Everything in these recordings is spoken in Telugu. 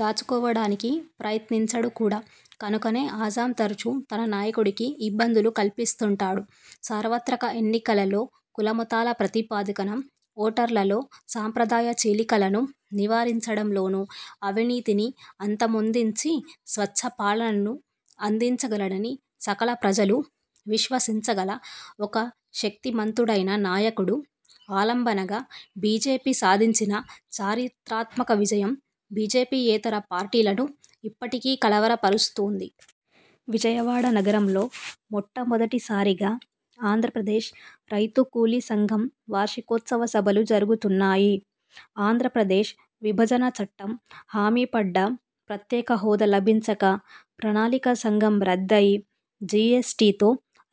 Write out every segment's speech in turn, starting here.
దాచుకోవడానికి ప్రయత్నించడు కూడా. కనుకనే అజమ్ తరచూ తన నాయకుడికి ఇబ్బందులు కల్పిస్తుంటాడు. సార్వత్రక ఎన్నికలలో, కులమతాల ప్రాతిపదికన ఓటర్లలో సంప్రదాయ చీలికలను నివారించడంలోనూ, అవినీతిని అంతమొందించి, స్వచ్ఛ పాలనను అందించగలడని సకల ప్రజలు విశ్వసించగల ఒక శక్తిమంతుడైన నాయకుడు ఆలంబనగా బీజేపీ సాధించిన చరిత్రాత్మక విజయం బీజేపీయేతర పార్టీలను ఇప్పటికీ కలవరపరుస్తోంది. విజయవాడ నగరంలో, మొట్టమొదటిసారిగా ఆంధ్రప్రదేశ్ రైతు-కూలి సంఘం వార్షికోత్సవ సభలు జరుగుతున్నాయి. ఆంధ్రప్రదేశ్ విభజన చట్టం హామీపడ్డ ప్రత్యేకహోదా లభించక, ప్రణాళికా సంఘం రద్దయి, జీఎస్టీతో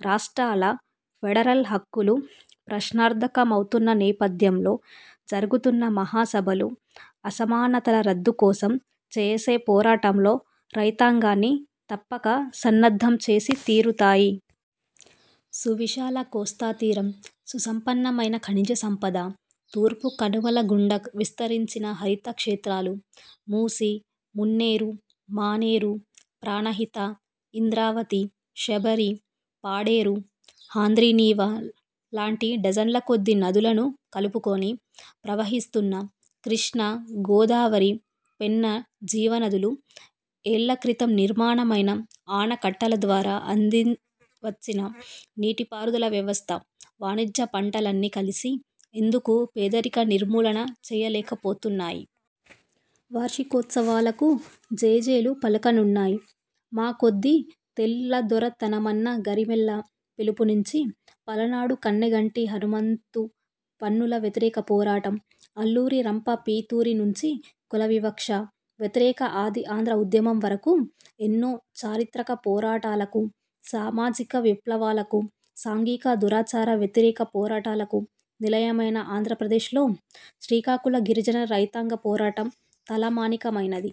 రాష్ట్రాల ఫెడరల్ హక్కులు ప్రశ్నార్థకమవుతున్న నేపథ్యంలో జరుగుతున్న మహాసభలు అసమానతల రద్దుకోసం చేసే పోరాటంలో రైతాంగాన్నీ తప్పక సన్నద్ధం చేసి తీరుతాయి. సువిశాల కోస్తాతీరం, సుసంపన్నమైన ఖనిజ సంపద, తూర్పు కనుమల గుండా విస్తరించిన హరిత క్షేత్రాలు, మూసీ, మున్నేరు, మానేరు, ప్రాణహిత, ఇంద్రావతి, శబరి, పాడేరు, హంద్రీనీవా లాంటి డజన్లకొద్దీ నదులను కలుపుకుని ప్రవహిస్తున్న కృష్ణా-–గోదావరి, పెన్నా జీవనదులు, యేళ్ళ క్రితం నిర్మాణమైన ఆనకట్టల ద్వారా అందివచ్చిన నీటిపారుదల వ్యవస్థ, వాణిజ్య పంటలన్నీ కలిసి ఎందుకు పేదరిక నిర్మూలన చేయలేకపోతున్నాయి? వార్షికోత్సవాలకు జేజేలు పలకనున్నాయి. మాకొద్దీ తెల్లదొరతనమన్న గరిమెళ్ళ పిలుపు నుంచి, పలనాడు కన్నెగంటి హనుమంతు పన్నుల వ్యతిరేక పోరాటం, అల్లూరి రంప పితూరి నుంచి కులవివక్ష వ్యతిరేక ఆదిఆంధ్ర ఉద్యమం వరకు ఎన్నో చారిత్రక పోరాటాలకు, సామాజిక విప్లవాలకు, సాంఘిక దురాచార వ్యతిరేక పోరాటాలకు నిలయమైన ఆంధ్రప్రదేశ్లో శ్రీకాకుళ గిరిజన రైతాంగ పోరాటం తలమానికమైనది.